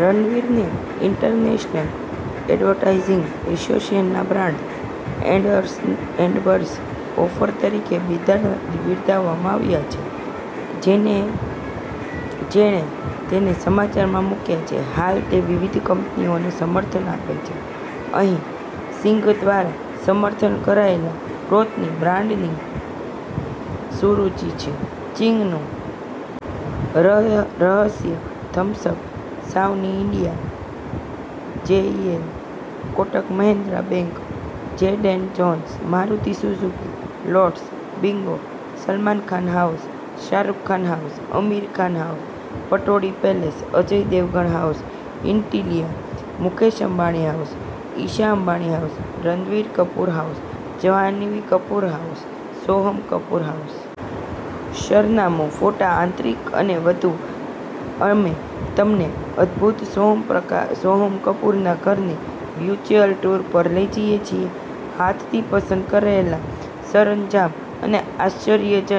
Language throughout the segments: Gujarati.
રણવીરને ઈન્ટરનેશનલ એડવર્ટાઈઝિંગ એસોસિએશનના બ્રાન્ડ એન્ડોર્સર ઓફર તરીકે બિરદાવવામાં આવ્યો છે, જેણે તેને સમાચારમાં મૂક્યો છે. હાલમાં તે વિવિધ કંપનીઓને સમર્થન આપે છે. અહીં સિંઘ દ્વારા સમર્થન કરાયેલ ટોચની બ્રાન્ડ્સની સૂચિ છે: ચિંગનું રહસ્ય, Thums Up, Xiaomi India, JBL, Kotak Mahindra bank, Jack and Jones, Maruti Suzuki, Lloyd, Bingo, Salman Khan house, Shahrukh Khan house, Aamir Khan house, Pataudi palace, Ajay Devgan house, Antilia, Mukesh Ambani house, Isha Ambani house, Ranbir Kapoor house, Janhvi Kapoor house, Sonam Kapoor house. સરનામું, ફોટા, આંતરિક અને વધુ: અમે તમને અદભૂત સોનમ કપૂરના ઘરની વર્ચ્યુઅલ ટૂર પર લઈ જઈએ છીએ, હાથથી પસંદ કરેલ સરંજામ અને આશ્ચર્યજનક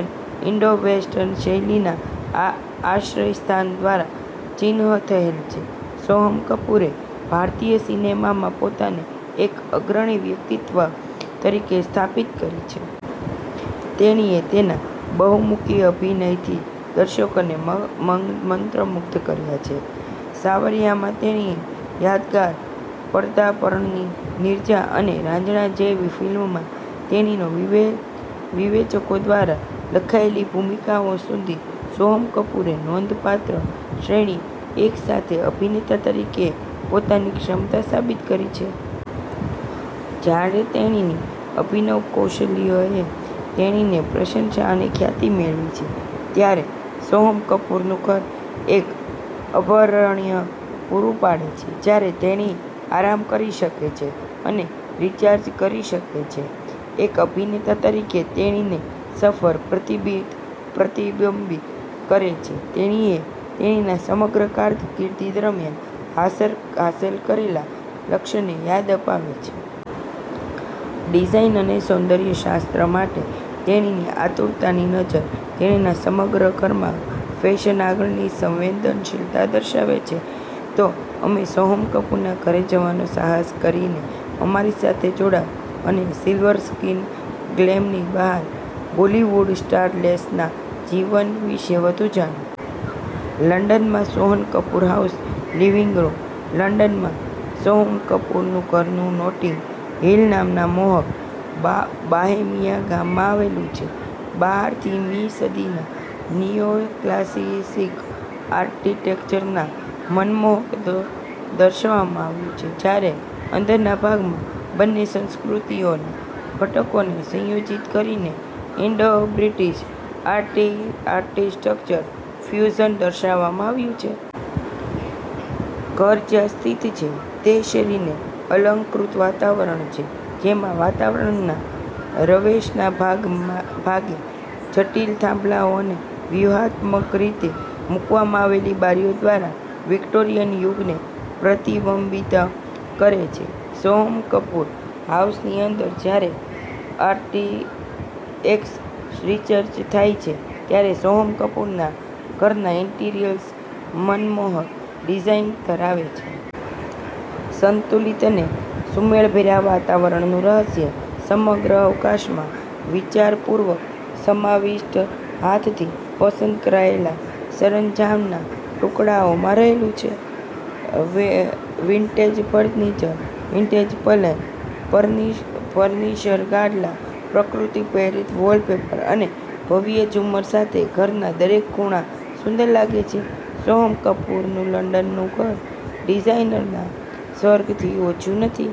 ઇન્ડો-વેસ્ટર્ન શૈલીના આશ્રયસ્થાન દ્વારા ચિહ્નિત થયેલ છે. સોનમ કપૂરે ભારતીય સિનેમામાં પોતાને એક અગ્રણી વ્યક્તિ તરીકે સ્થાપિત કરી છે. તેણીએ તેના બહુમુખી અભિનયથી દર્શકોને મંત્રમુગ્ધ કર્યા છે. સાવરિયા માં તેણીની યાદગાર પદાર્પણથી નીરજા અને રાંઝણા જેવી ફિલ્મોમાં તેણીની વિવેચકો દ્વારા વખાણાયેલી ભૂમિકાઓ સુધી, સોનમ કપૂરે નોંધપાત્ર શ્રેણી સાથે એક અભિનેતા તરીકેની તેની ક્ષમતા સાબિત કરી છે. જ્યારે તેણીની અભિનય કૌશલ્યએ તેણીની પ્રશંસા અને ખ્યાતિ મેળવી છે, ત્યારે સોનમ કપૂરનું ઘર એક અભયારણ્ય પૂરું પાડે છે જ્યાં તેણી આરામ કરી શકે છે અને રિચાર્જ કરી શકે છે. તે એક અભિનેતા તરીકેની તેણીની સફરને પ્રતિબિંબિત કરે છે, તેણીએ તેણીની સમગ્ર કારકિર્દી દરમિયાન હાંસલ કરેલા લક્ષ્યોની યાદ અપાવે છે. ડિઝાઇન અને સૌંદર્ય શાસ્ત્ર માટે તેણીની આતુર નજર તેણીના સમગ્ર ઘરમાં ફેશન-આગળની સંવેદનશીલતા દર્શાવે છે. તો અમે સોનમ કપૂરના ઘરે જવાનો સાહસ કરીને અમારી સાથે જોડાઓ અને સિલ્વર સ્ક્રીનના ગ્લેમરની બહાર બોલિવૂડ સ્ટારલેટના જીવન વિશે વધુ જાણો. લંડનમાં Sonam Kapoor house living room. લંડનમાં સોનમ કપૂરનું ઘર નોટિંગ હિલ નામના મોહક બોહેમિયન ગામમાં આવેલું છે. બહારથી, મી સદીના નિયોક્લાસિકલ આર્કિટેક્ચરને મનમોહક દર્શાવવામાં આવ્યું છે, જ્યારે અંદરના ભાગમાં બંને સંસ્કૃતિના ઘટકોને સંયોજિત કરીને ઈન્ડો-બ્રિટિશ આર્કિટેક્ચરલ ફ્યુઝન દર્શાવવામાં આવ્યું છે. ઘર જ્યાં સ્થિત છે તે શેરીમાં અલંકૃત વાતાવરણ છે, જેમાં રહેણાંકના રવેશના ભાગો જટિલ થાંભલાઓ અને વ્યૂહાત્મક રીતે મૂકવામાં આવેલી બારીઓ દ્વારા વિક્ટોરિયન યુગને પ્રતિબિંબિત કરે છે. સોનમ કપૂર હાઉસની અંદર, જ્યારે એક્સટીરિયર્સ સરળ છે, ત્યારે સોનમ કપૂરના ઘરના ઈન્ટિરિયર્સ મનમોહક ડિઝાઇન ધરાવે છે. સંતુલિત અને સુમેળભર્યા વાતાવરણનું રહસ્ય સમગ્ર અવકાશમાં વિચારપૂર્વક સમાવિષ્ટ હાથથી પસંદ કરાયેલા સરંજામના ટુકડાઓમાં રહેલું છે. વિન્ટેજ ફર્નિચર, વેલ્વેટ પલંગ, પર્શિયન ગોદડાં, પ્રકૃતિ-પ્રેરિત વૉલપેપર અને ભવ્ય ઝુમ્મર સાથે, ઘરનો દરેક ખૂણો સુંદર લાગે છે. સોનમ કપૂરનું લંડનનું ઘર ડિઝાઇનરના સ્વર્ગથી ઓછું નથી.